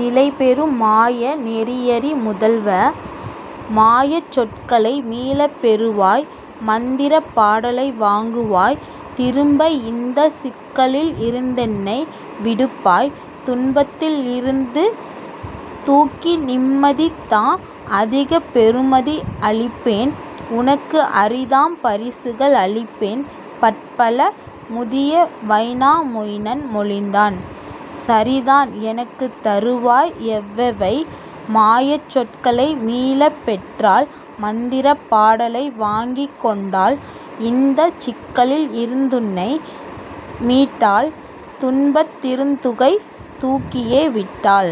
நிலைபெறும் மாய நெறியறி முதல்வ! மாயச் சொற்களை மீளப் பெறுவாய் மந்திரப் பாடலை வாங்குவாய் திரும்ப இந்தச் சிக்கலில் இருந்தெனை விடுப்பாய் துன்பத் திருந்து தூக்கிநிம் மதிதா அதிக பெறுமதி அளிப்பேன் உனக்கு அரிதாம் பரிசுகள் அளிப்பேன் பற்பல. " முதிய வைனா மொயினன் மொழிந்தான்: "சரிதான் எனக்குத் தருவாய் எவ்வெவை மாயச் சொற்களை மீளப் பெற்றால் மந்திரப் பாடலை வாங்கிக் கொண்டால் இந்தச் சிக்கலில் இருந்துனை மீட்டால் துன்பத் திருந்துகை தூக்கியே விட்டால்?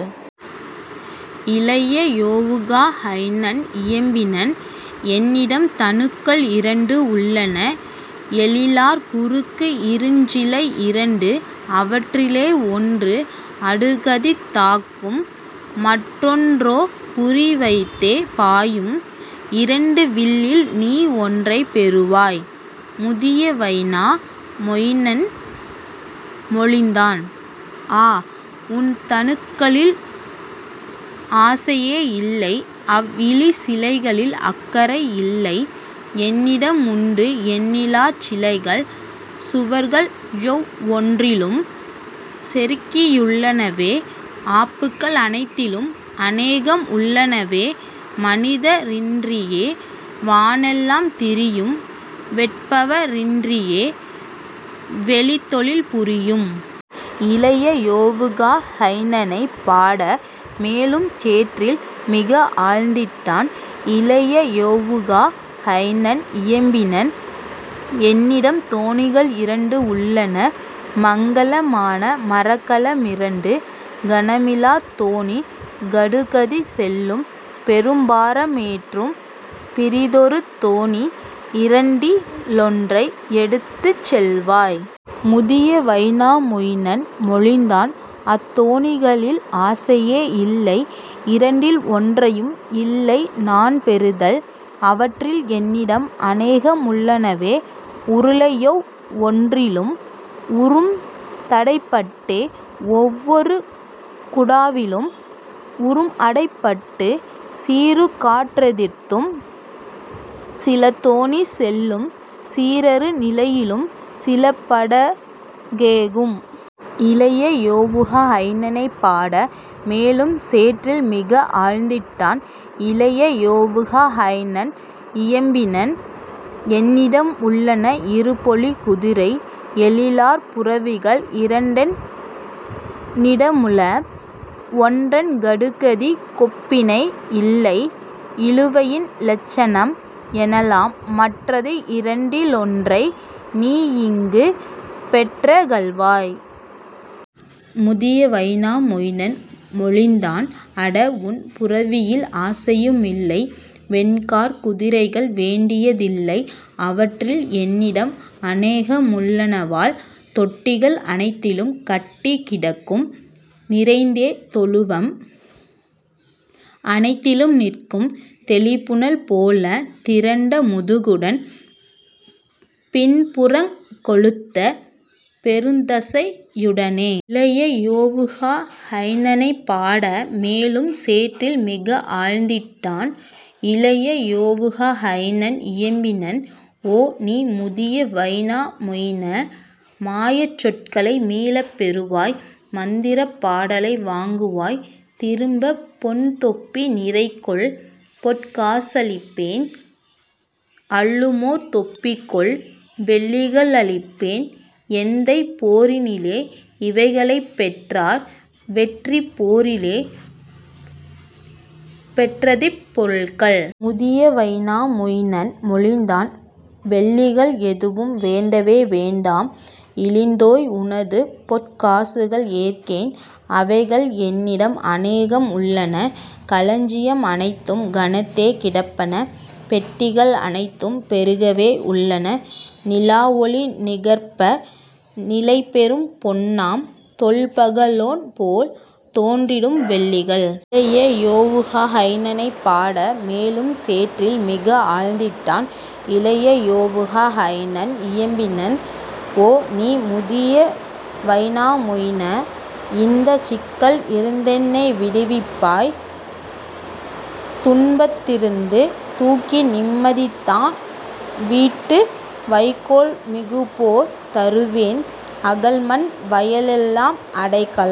" இளைய யொவுகா ஹைனன் இயம்பினன்: "என்னிடம் தனுக்கள் இரண்டு உள்ளன எழிலார் குறுக்கு இருஞ்சிலை இரண்டு அவற்றிலே ஒன்று அடுகதித் தாக்கும் மற்றொன் றோகுறி வைத்தே பாயும் இரண்டு வில்லில்நீ ஒன்றைப் பெறுவாய். " முதிய வைனா மொயினன் மொழிந்தான்: "ஆ, உன் தனுக்களில் ஆசையே இல்லை அவ்இழி சிலைகளில் அக்கறை இல்லை என்னிட முண்டு எண்ணிலாச் சிலைகள் சுவர்களொவ் வொன்றிலும் சொருகியுள் ளனவே ஆப்புகள் அனைத்திலும் அனேகம்உள் ளனவே மனித ரின்றியே வானெலாம் திரியும் வேட்பவ ரின்றியே வெளித் தொழில் புரியும். " இளைய யொவுகா ஹெனனைப் பாட மேலும் சேற்றில் மிகஆழ்ந் திட்டான். இளைய யொவுகா ஹைனன் இயம்பினன்: "என்னிடம் தோணிகள் இரண்டு உள்ளன மங்கல மான மரக்கல மிரண்டு கனமிலாத் தோணி கடுகதி செல்லும் பெரும் பாரமேற்றும் பிறிதொரு தோணி இரண்டி லொன்றை எடுத்துச் செல்வாய். " முதிய வைனா மொயினன் மொழிந்தான்: "அத்தோ ணிகளில் ஆசையே இல்லை இரண்டில் ஒன்றையும் இல்லைநான் பெறுதல் அவற்றில் என்னிடம் அநேகமுள் ளனவே உருளையொவ் வொன்றிலும் உறும்தடைப் பட்டே ஒவ்வொரு குடாவிலும் உறும்அடை பட்டு சீறுகாற் றெதிர்த்தும் சிலதோணி செல்லும் சீரறு நிலையிலும் சிலபட கேகும். " இளைய யொவுகா ஹெனனைப் பாட மேலும் சேற்றில் மிகஆழ்ந் திட்டான். இளைய யொவுகா ஹைனன் இயம்பினன்: "என்னிடம் உள்ளன இருபொலிக் குதிரை எழிலார் புரவிகள் இரண்டென் னிடமுள ஒன்றன் கடுகதிக் கொப்பிணை யில்லை இழுவையின் இலட்சணம் எனலாம் மற்றது இரண்டி லொன்றைநீ யீங்குபெற் றகல்வாய். " முதிய வைனா மொயினன் மொழிந்தான்: "அட, உன் புரவியில் ஆசையு மில்லை வெண்காற் குதிரைகள் வேண்டிய தில்லை அவற்றில் என்னிடம் அனேகமுள் ளனவால் தொட்டிகள் அனைத்திலும் கட்டிக் கிடக்கும் நிறைந்தே தொழுவம் அனைத்திலும் நிற்கும் தெளிபுனல் போலத் திரண்ட முதுகுடன் பின்புறங் கொழுத்த பெருந்தசை யுடனே. " இளைய யொவுகா ஹெனனைப் பாட மேலும் சேற்றில் மிகஆழ்ந் திட்டான். இளைய யொவுகா ஹைனன் இயம்பினன்: "ஓ, நீ முதிய வைனா மொயின! மாயச் சொற்களை மீளப் பெறுவாய் மந்திரப் பாடலை வாங்குவாய் திரும்ப பொன்தொப்பி நிறைகொள் பொற்கா சளிப்பேன் அள்ளுமோர் தொப்பிகொள் வெள்ளிக ளளிப்பேன் எந்தைபோ ரினிலே இவைகளைப் பெற்றார் வெற்றிப் போரிலே பெற்றதிப் பொருள்கள். " முதிய வைனா மொயினன் மொழிந்தான்: "வெள்ளிகள் எதுவும் வேண்டவே வேண்டாம் இழிந்தோய், உனதுபொற் காசுகள் ஏற்கேன் அவைகள் என்னிடம் அனேகம் உள்ளன களஞ்சியம் அனைத்தும் கனத்தே கிடப்பன பெட்டிகள் அனைத்தும் பெருகவே உள்ளன நிலாவொளி நிகர்ப்ப நிலைபெறும் பொன்னாம் தொல்பக லோன்போல் தோன்றிடும் வெள்ளிகள். " இளைய யொவுகா ஹைனனைப் பாட மேலும் சேற்றில் மிகஆழ்ந் திட்டான். இளைய யொவுகா ஹைனன் இயம்பினன்: "ஓ, நீ முதிய வைனா மொயின! இந்தச் சிக்கல் இருந்தெனை விடுவிப்பாய் துன்பத் திருந்து தூக்கிநிம் மதிதா வீட்டு வைக்கோல் மிகுபோர் தருவேன் அகல்மண் வயலெலாம் அடைக்கலம்